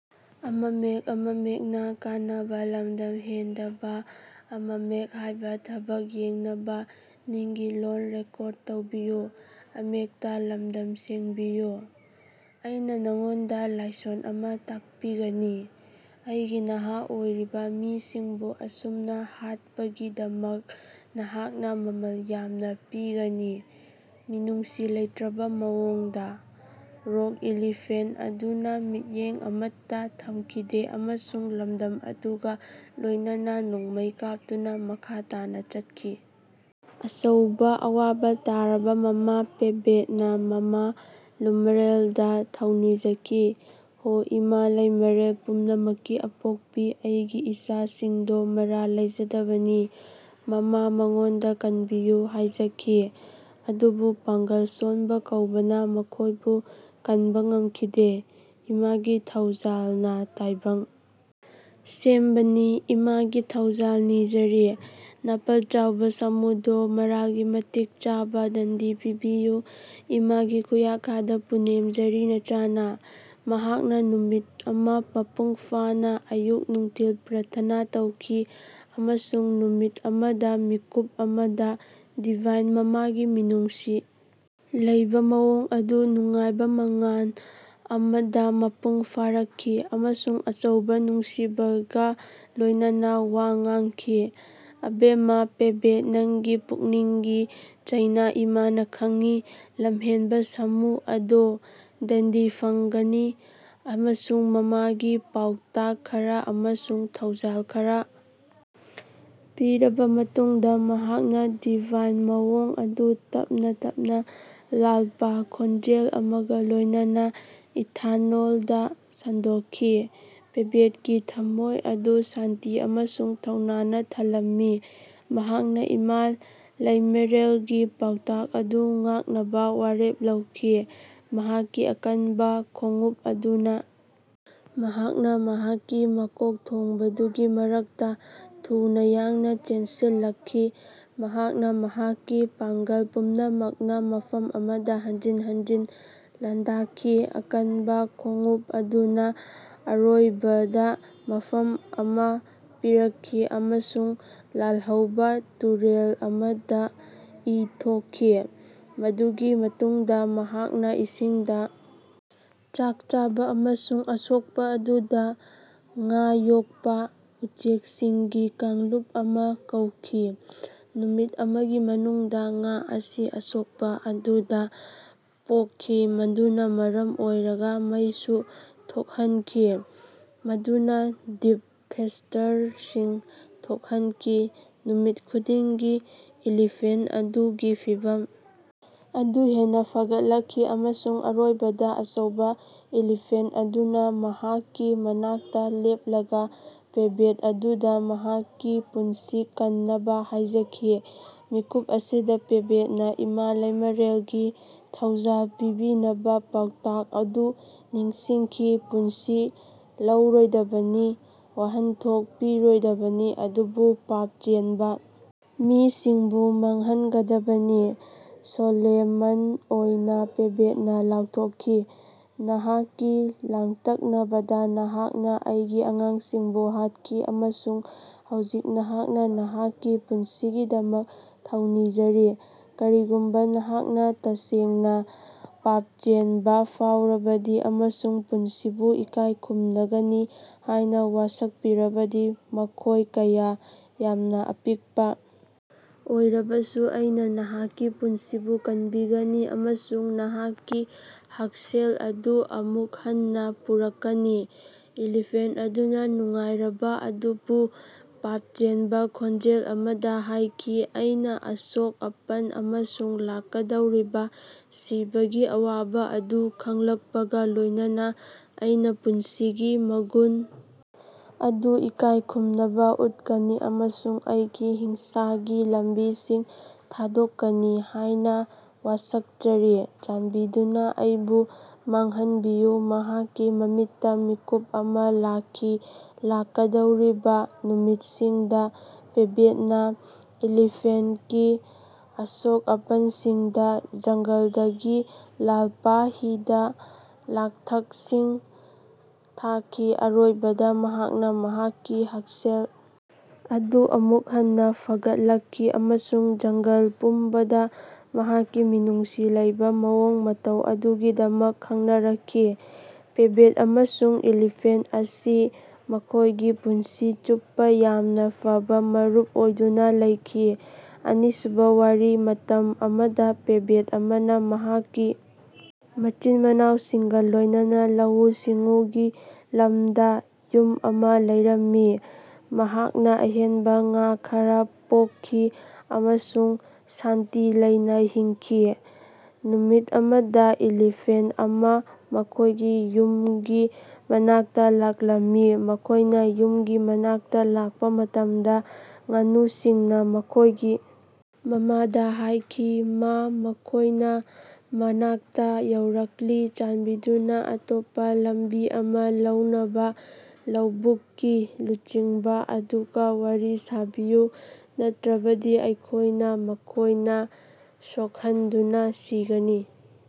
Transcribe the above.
ꯑꯩꯅꯥ ꯅꯉꯣꯟꯗꯥ ꯂꯥꯏꯁꯣꯟ ꯑꯃꯥ ꯇꯥꯛꯄꯤꯒꯅꯤ꯫ ꯑꯩꯒꯤ ꯅꯍꯥ ꯑꯣꯏꯔꯤꯕꯥ ꯃꯤꯁꯤꯡꯕꯨ ꯑꯁꯨꯝꯅꯥ ꯍꯥꯠꯄꯒꯤꯗꯃꯛ ꯅꯍꯥꯛꯅꯥ ꯃꯃꯜ ꯌꯥꯝꯅꯥ ꯄꯤꯒꯅꯤ꯫ ꯃꯤꯅꯨꯡꯁꯤ ꯂꯩꯇ꯭ꯔꯕꯥ ꯃꯑꯣꯡꯗꯥ꯫ ꯔꯣꯒ ꯏꯂꯤꯐꯦꯟꯇ ꯑꯗꯨꯅꯥ ꯃꯤꯠꯌꯦꯡ ꯑꯃꯠꯇꯥ ꯊꯝꯈꯤꯗꯦ ꯑꯃꯁꯨꯡ ꯂꯝꯗꯝ ꯑꯗꯨꯒꯥ ꯂꯣꯏꯅꯅꯥ ꯅꯣꯡꯃꯩ ꯀꯥꯞꯇꯨꯅꯥ ꯃꯈꯥ ꯇꯥꯅꯥ ꯆꯠꯈꯤ꯫ ꯑꯆꯧꯕꯥ ꯑꯋꯥꯕꯥ ꯇꯥꯔꯕꯥ ꯃꯃꯥ ꯄꯦꯕꯦꯠꯅꯥ ꯃꯃꯥ ꯂꯨꯃꯔꯦꯜꯗꯥ ꯊꯧꯅꯤꯖꯈꯤ꯫ ꯍꯣ ꯏꯃꯥ ꯂꯩꯃꯔꯦꯜ ꯄꯨꯝꯅꯥꯃꯛꯀꯤ ꯑꯥꯄꯣꯛꯄꯤ ꯑꯩꯒꯤ ꯏꯆꯥ ꯁꯤꯡꯗꯣ ꯃꯔꯥꯜ ꯂꯩꯖꯗꯕꯅꯤ꯫ ꯃꯥꯃꯥ ꯃꯉꯣꯟꯗꯥ ꯀꯟꯕꯤꯌꯨ ꯍꯥꯏꯖꯥꯈꯤ꯫ ꯑꯗꯨꯕꯨ ꯄꯥꯡꯒꯜ ꯁꯣꯟꯕꯥ ꯀꯧꯕꯅ ꯃꯈꯣꯏꯕꯨ ꯀꯟꯕ ꯉꯝꯈꯤꯗꯦ ꯏꯃꯥ ꯒꯤ ꯊꯧꯖꯥꯜꯅꯥ ꯇꯥꯏꯕꯪ ꯁꯦꯝꯕꯥꯅꯤ ꯏꯃꯥꯒꯤ ꯊꯧꯖꯜ ꯅꯤꯖꯥꯔꯤ꯫ ꯅꯥꯄꯜ ꯆꯧꯕꯥ ꯁꯥꯃꯨꯗꯣ ꯃꯔꯥꯜꯒꯤ ꯃꯇꯤꯛ ꯆꯥꯕ ꯗꯟꯗꯤ ꯄꯤꯕꯤꯌꯨ꯫ ꯏꯃꯥꯒꯤ ꯈꯨꯌꯥꯈꯥꯗꯥ ꯄꯨꯅꯦꯝꯖꯔꯤ ꯅꯆꯥꯅꯥ꯫ ꯃꯍꯥꯛꯅꯥ ꯅꯨꯃꯤꯠ ꯑꯃꯥ ꯃꯄꯨꯡ ꯐꯥꯅꯥ ꯑꯌꯨꯛ ꯅꯨꯡꯊꯤꯜ ꯄ꯭ꯔꯥꯊꯅꯥ ꯇꯧꯈꯤ ꯑꯃꯁꯨꯡ ꯅꯨꯃꯤꯠ ꯑꯃꯗꯥ ꯃꯤꯠꯀꯨꯞ ꯑꯃꯗꯥ ꯗꯤꯚꯥꯏꯟ ꯃꯃꯥꯒꯤ ꯃꯤꯅꯨꯡꯁꯤ ꯂꯩꯕꯥ ꯃꯑꯣꯡ ꯑꯗꯨ ꯅꯨꯡꯉꯥꯏꯕꯥ ꯃꯉꯥꯜ ꯑꯃꯗꯥ ꯃꯄꯨꯡ ꯐꯥꯔꯛꯈꯤ ꯑꯃꯁꯨꯡ ꯑꯆꯧꯕꯥ ꯅꯨꯡꯁꯤꯕꯒꯥ ꯂꯣꯏꯅꯅꯥ ꯋꯥ ꯉꯥꯡꯈꯤ꯫ ꯑꯕꯦꯃꯥ ꯄꯦꯕꯦꯠ ꯅꯪꯒꯤ ꯄꯨꯛꯅꯤꯡꯒꯤ ꯆꯩꯅꯥ ꯏꯃꯥꯅꯥ ꯈꯪꯏ꯫ ꯂꯝꯍꯦꯟꯕꯥ ꯁꯥꯃꯨ ꯑꯗꯣ ꯗꯟꯗꯤ ꯐꯪꯒꯅꯤ ꯑꯃꯁꯨꯡ ꯃꯃꯥꯒꯤ ꯄꯥꯎꯇꯥꯛ ꯈꯔꯥ ꯑꯃꯁꯨꯡ ꯊꯧꯖꯥꯜ ꯈꯔꯥ ꯄꯤꯔꯕꯥ ꯃꯇꯨꯡꯗꯥ ꯃꯍꯥꯛꯀꯤ ꯗꯤꯚꯥꯏꯟ ꯃꯑꯣꯡ ꯑꯗꯨ ꯇꯞꯅꯥ ꯇꯞꯅꯥ ꯂꯥꯜꯄꯥ ꯈꯣꯟꯖꯦꯜ ꯑꯃꯒꯥ ꯂꯣꯏꯅꯅꯥ ꯏꯊꯥꯅꯣꯜꯗꯥ ꯁꯟꯗꯣꯛꯈꯤ꯫ ꯄꯦꯕꯦꯠꯀꯤ ꯊꯝꯃꯣꯏ ꯑꯗꯨ ꯁꯥꯟꯇꯤ ꯑꯃꯁꯨꯡ ꯊꯧꯅꯥꯅ ꯊꯜꯂꯝꯃꯤ꯫ ꯃꯍꯥꯛꯅꯥ ꯏꯃꯥ ꯂꯩꯃꯦꯔꯦꯜꯒꯤ ꯄꯥꯎꯇꯥꯛ ꯑꯗꯨ ꯉꯥꯛꯅꯕꯥ ꯋꯥꯔꯦꯞ ꯂꯧꯈꯤ꯫ ꯃꯍꯥꯛꯀꯤ ꯑꯀꯟꯕꯥ ꯈꯣꯡꯎꯞ ꯑꯗꯨꯅꯥ ꯃꯍꯥꯛꯅꯥ ꯃꯍꯥꯛꯀꯤ ꯃꯀꯣꯛꯊꯣꯡꯕꯗꯨꯒꯤ ꯃꯔꯛꯇꯥ ꯊꯨꯅꯥ ꯌꯥꯡꯅꯥ ꯆꯦꯟꯁꯤꯜꯂꯛꯈꯤ꯫ ꯃꯍꯥꯛꯅꯥ ꯃꯍꯥꯛꯀꯤ ꯄꯥꯡꯒꯜ ꯄꯨꯝꯅꯃꯛꯅꯥ ꯃꯐꯝ ꯑꯃꯗꯥ ꯍꯟꯖꯤꯟ ꯍꯟꯖꯤꯟ ꯂꯥꯟꯗꯥꯈꯤ꯫ ꯑꯀꯟꯕꯥ ꯈꯣꯡꯎꯞ ꯑꯗꯨꯅꯥ ꯑꯔꯣꯏꯕꯗꯥ ꯃꯐꯝ ꯑꯃꯥ ꯄꯤꯔꯛꯈꯤ ꯑꯃꯁꯨꯡ ꯂꯥꯜꯍꯧꯕꯥ ꯇꯨꯔꯦꯜ ꯑꯃꯗꯥ ꯏ ꯊꯣꯛꯈꯤ꯫ ꯃꯗꯨꯒꯤ ꯃꯇꯨꯡꯗꯥ ꯃꯍꯥꯛꯅꯥ ꯏꯁꯤꯡꯗꯥ ꯆꯥꯛ ꯆꯥꯕꯥ ꯑꯃꯁꯨꯡ ꯑꯁꯣꯛꯄꯥ ꯑꯗꯨꯗꯥ ꯉꯥ ꯌꯣꯛꯄꯥ ꯎꯆꯦꯛꯁꯤꯡꯒꯤ ꯀꯥꯡꯂꯨꯞ ꯑꯃꯥ ꯀꯧꯈꯤ꯫ ꯅꯨꯃꯤꯠ ꯑꯃꯒꯤ ꯃꯅꯨꯡꯗꯥ ꯉꯥ ꯑꯁꯤ ꯑꯁꯣꯛꯄꯥ ꯑꯗꯨꯗꯥ ꯄꯣꯛꯈꯤ ꯃꯗꯨꯅꯥ ꯃꯔꯝ ꯑꯣꯏꯔꯒꯥ ꯃꯩꯁꯨ ꯊꯣꯛꯍꯟꯈꯤ ꯃꯗꯨꯅꯥ ꯗꯤꯞ ꯐꯦꯁ꯭ꯇꯔꯁꯤꯡ ꯊꯣꯛꯍꯟꯈꯤ꯫ ꯅꯨꯃꯤꯠ ꯈꯨꯗꯤꯡꯒꯤ ꯏꯂꯤꯐꯦꯟꯠ ꯑꯗꯨꯒꯤ ꯐꯤꯚꯝ ꯑꯗꯨ ꯍꯦꯟꯅꯥ ꯐꯒꯠꯂꯛꯈꯤ ꯑꯃꯁꯨꯡ ꯑꯔꯣꯏꯕꯗꯥ ꯑꯆꯧꯕꯥ ꯏꯂꯤꯐꯦꯟꯠ ꯑꯗꯨꯅꯥ ꯃꯍꯥꯛꯀꯤ ꯃꯅꯥꯛꯇꯥ ꯂꯦꯞꯂꯒꯥ ꯄꯦꯕꯦꯠ ꯑꯗꯨꯗꯥ ꯃꯍꯥꯛꯀꯤ ꯄꯨꯟꯁꯤ ꯀꯟꯅꯕꯥ ꯍꯥꯏꯖꯈꯤ꯫ ꯃꯤꯀꯨꯞ ꯑꯁꯤꯗꯥ ꯄꯦꯕꯦꯠꯅꯥ ꯏꯃꯥ ꯂꯩꯃꯔꯦꯜꯒꯤ ꯊꯧꯖꯥꯜ ꯄꯤꯕꯤꯅꯕꯥ ꯄꯥꯎꯇꯥꯛ ꯑꯗꯨ ꯅꯤꯡꯁꯤꯡꯈꯤ ꯄꯨꯟꯁꯤ ꯂꯧꯔꯣꯏꯗꯕꯅꯤ ꯋꯥꯍꯟꯊꯣꯛ ꯄꯤꯔꯣꯏꯗꯕꯅꯤ ꯑꯗꯨꯕꯨ ꯄꯥꯞꯆꯦꯟꯕꯥ ꯃꯤꯁꯤꯡꯕꯨ ꯃꯥꯡꯍꯟꯒꯗꯕꯅꯤ꯫ ꯁꯣꯂꯦꯃꯟ ꯑꯣꯏꯅꯥ ꯄꯦꯕꯦꯠꯅꯥ ꯂꯥꯎꯊꯣꯛꯈꯤ ꯅꯍꯥꯛꯀꯤ ꯂꯥꯡꯇꯛꯅꯕꯗꯥ ꯅꯍꯥꯛꯅꯥ ꯑꯩꯒꯤ ꯑꯉꯥꯡꯁꯤꯡꯕꯨ ꯍꯥꯠꯈꯤ ꯑꯃꯁꯨꯡ ꯍꯧꯖꯤꯛ ꯅꯍꯥꯛꯅꯥ ꯅꯍꯥꯛꯀꯤ ꯄꯨꯟꯁꯤꯒꯤꯗꯃꯛ ꯊꯧꯅꯤꯖꯔꯤ ꯀꯔꯤꯒꯨꯝꯕꯥ ꯅꯍꯥꯛꯅꯥ ꯇꯁꯦꯡꯅꯥ ꯄꯥꯞꯆꯦꯟꯕꯥ ꯐꯥꯎꯔꯕꯗꯤ ꯑꯃꯁꯨꯡ ꯄꯨꯟꯁꯤꯕꯨ ꯏꯀꯥꯏ ꯈꯨꯝꯅꯒꯅꯤ ꯍꯥꯏꯅꯥ ꯋꯥꯁꯛꯄꯤꯔꯕꯗꯤ ꯃꯈꯣꯏ ꯀꯌꯥ ꯌꯥꯝꯅꯥ ꯑꯄꯤꯛꯄꯥ ꯑꯣꯏꯔꯕꯁꯨ ꯑꯩꯅꯥ ꯅꯍꯥꯛꯀꯤ ꯄꯨꯟꯁꯤꯕꯨ ꯀꯟꯕꯤꯒꯅꯤ ꯑꯃꯁꯨꯡ ꯅꯍꯥꯛꯀꯤ ꯍꯛꯁꯦꯜ ꯑꯗꯨ ꯑꯃꯨꯛ ꯍꯟꯅꯥ ꯄꯨꯔꯛꯀꯅꯤ꯫ ꯏꯂꯤꯐꯦꯟꯠ ꯑꯗꯨꯅꯥ ꯅꯨꯡꯉꯥꯏꯔꯕꯥ ꯑꯗꯨꯕꯨ ꯄꯥꯞꯆꯦꯟꯕꯥ ꯈꯣꯟꯖꯦꯜ ꯑꯃꯗꯥ ꯍꯥꯏꯈꯤ ꯑꯩꯅꯥ ꯑꯁꯣꯛ ꯑꯄꯟ ꯑꯃꯁꯨꯡ ꯂꯥꯛꯀꯗꯧꯔꯤꯕꯥ ꯁꯤꯕꯒꯤ ꯑꯋꯥꯕꯥ ꯑꯗꯨ ꯈꯪꯂꯛꯄꯒꯥ ꯂꯣꯏꯅꯅꯥ ꯑꯩꯅꯥ ꯄꯨꯟꯁꯤꯒꯤ ꯃꯒꯨꯟ ꯑꯗꯨ ꯏꯀꯥꯏꯈꯨꯝꯅꯕꯥ ꯎꯠꯀꯅꯤ ꯑꯃꯁꯨꯡ ꯑꯩꯒꯤ ꯍꯤꯡꯁꯥꯒꯤ ꯂꯝꯕꯤꯁꯤꯡ ꯊꯥꯗꯣꯛꯀꯅꯤ ꯍꯥꯏꯅꯥ ꯋꯥꯁꯛꯆꯔꯤ ꯆꯥꯟꯕꯤꯗꯨꯅꯥ ꯑꯩꯕꯨ ꯃꯥꯡꯍꯟꯕꯤꯌꯨ꯫ ꯃꯍꯥꯛꯀꯤ ꯃꯃꯤꯠꯇꯥ ꯃꯤꯠꯀꯨꯞ ꯑꯃꯥ ꯂꯥꯛꯈꯤ ꯂꯥꯛꯀꯗꯧꯔꯤꯕꯥ ꯅꯨꯃꯤꯠꯁꯤꯡꯗꯥ ꯄꯦꯕꯦꯠꯅꯥ ꯏꯂꯤꯐꯦꯟꯠꯀꯤ ꯑꯁꯣꯛ ꯑꯄꯟꯁꯤꯡꯗꯥ ꯖꯪꯒꯜꯗꯒꯤ ꯂꯥꯜꯄꯥ ꯍꯤꯗꯥ ꯂꯥꯡꯊꯛꯁꯤꯡ ꯊꯥꯈꯤ꯫ ꯑꯔꯣꯏꯕꯗꯥ ꯃꯍꯥꯛꯅꯥ ꯃꯍꯥꯛꯀꯤ ꯍꯛꯁꯦꯜ ꯑꯗꯨ ꯑꯃꯨꯛ ꯍꯟꯅꯥ ꯐꯒꯠꯂꯛꯈꯤ ꯑꯃꯁꯨꯡ ꯖꯪꯒꯜ ꯄꯨꯝꯕꯗꯥ ꯃꯍꯥꯛꯀꯤ ꯃꯤꯅꯨꯡꯁꯤ ꯂꯩꯕꯥ ꯃꯑꯣꯡ ꯃꯇꯧ ꯑꯗꯨꯒꯤꯗꯃꯛ ꯈꯪꯅꯔꯛꯈꯤ꯫ ꯄꯦꯕꯦꯠ ꯑꯃꯁꯨꯡ ꯏꯂꯤꯐꯦꯟꯠ ꯑꯁꯤ ꯃꯈꯣꯏꯒꯤ ꯄꯨꯟꯁꯤ ꯆꯨꯞꯄꯥ ꯌꯥꯝꯅꯥ ꯐꯕꯥ ꯃꯔꯨꯞ ꯑꯣꯏꯗꯨꯅꯥ ꯂꯩꯈꯤ꯫ ꯑꯅꯤꯁꯨꯕ ꯋꯥꯔꯤ ꯃꯇꯝ ꯑꯃꯗꯥ ꯄꯦꯕꯦꯠ ꯑꯃꯅꯥ ꯃꯍꯥꯛꯀꯤ ꯃꯆꯤꯟ ꯃꯅꯥꯎꯁꯤꯡꯒꯥ ꯂꯣꯏꯅꯅꯥ ꯂꯧꯎ ꯁꯤꯡꯎꯒꯤ ꯂꯝꯗꯥ ꯌꯨꯝ ꯑꯃꯥ ꯂꯩꯔꯝꯃꯤ꯫ ꯃꯍꯥꯛꯅꯥ ꯑꯍꯦꯟꯕꯥ ꯉꯥ ꯈꯔꯥ ꯄꯣꯛꯈꯤ ꯑꯃꯁꯨꯡ ꯁꯥꯟꯇꯤ ꯂꯩꯅꯥ ꯍꯤꯡꯈꯤ꯫ ꯅꯨꯃꯤꯠ ꯑꯃꯗꯥ ꯏꯂꯤꯐꯦꯟꯠ ꯑꯃꯥ ꯃꯈꯣꯏꯒꯤ ꯌꯨꯃꯒꯤ ꯃꯅꯥꯛꯇꯥ ꯂꯥꯛꯂꯝꯃꯤ꯫ ꯃꯈꯣꯏꯅꯥ ꯌꯨꯝꯒꯤ ꯃꯅꯥꯛꯇꯥ ꯂꯥꯛꯄꯥ ꯃꯇꯝꯗꯥ ꯉꯥꯅꯨꯁꯤꯡꯅꯥ ꯃꯈꯣꯏꯒꯤ ꯃꯃꯥꯗꯥ ꯍꯥꯏꯈꯤ ꯃꯥ ꯃꯈꯣꯏꯅꯥ ꯃꯅꯥꯛꯇꯥ ꯌꯧꯔꯛꯂꯤ ꯆꯥꯟꯕꯤꯗꯨꯅꯥ ꯑꯇꯣꯞꯄꯥ ꯂꯝꯕꯤ ꯑꯃꯥ ꯂꯧꯅꯕꯥ ꯂꯧꯕꯨꯛꯀꯤ ꯂꯨꯆꯤꯡꯕꯥ ꯑꯗꯨꯒꯥ ꯋꯥꯔꯤ ꯁꯥꯕꯤꯌꯨ ꯅꯠꯇ꯭ꯔꯕꯗꯤ ꯑꯩꯈꯣꯏꯅꯥ ꯃꯈꯣꯏꯅꯥ ꯁꯣꯛꯍꯟꯗꯨꯅꯥ ꯁꯤꯒꯅꯤ꯫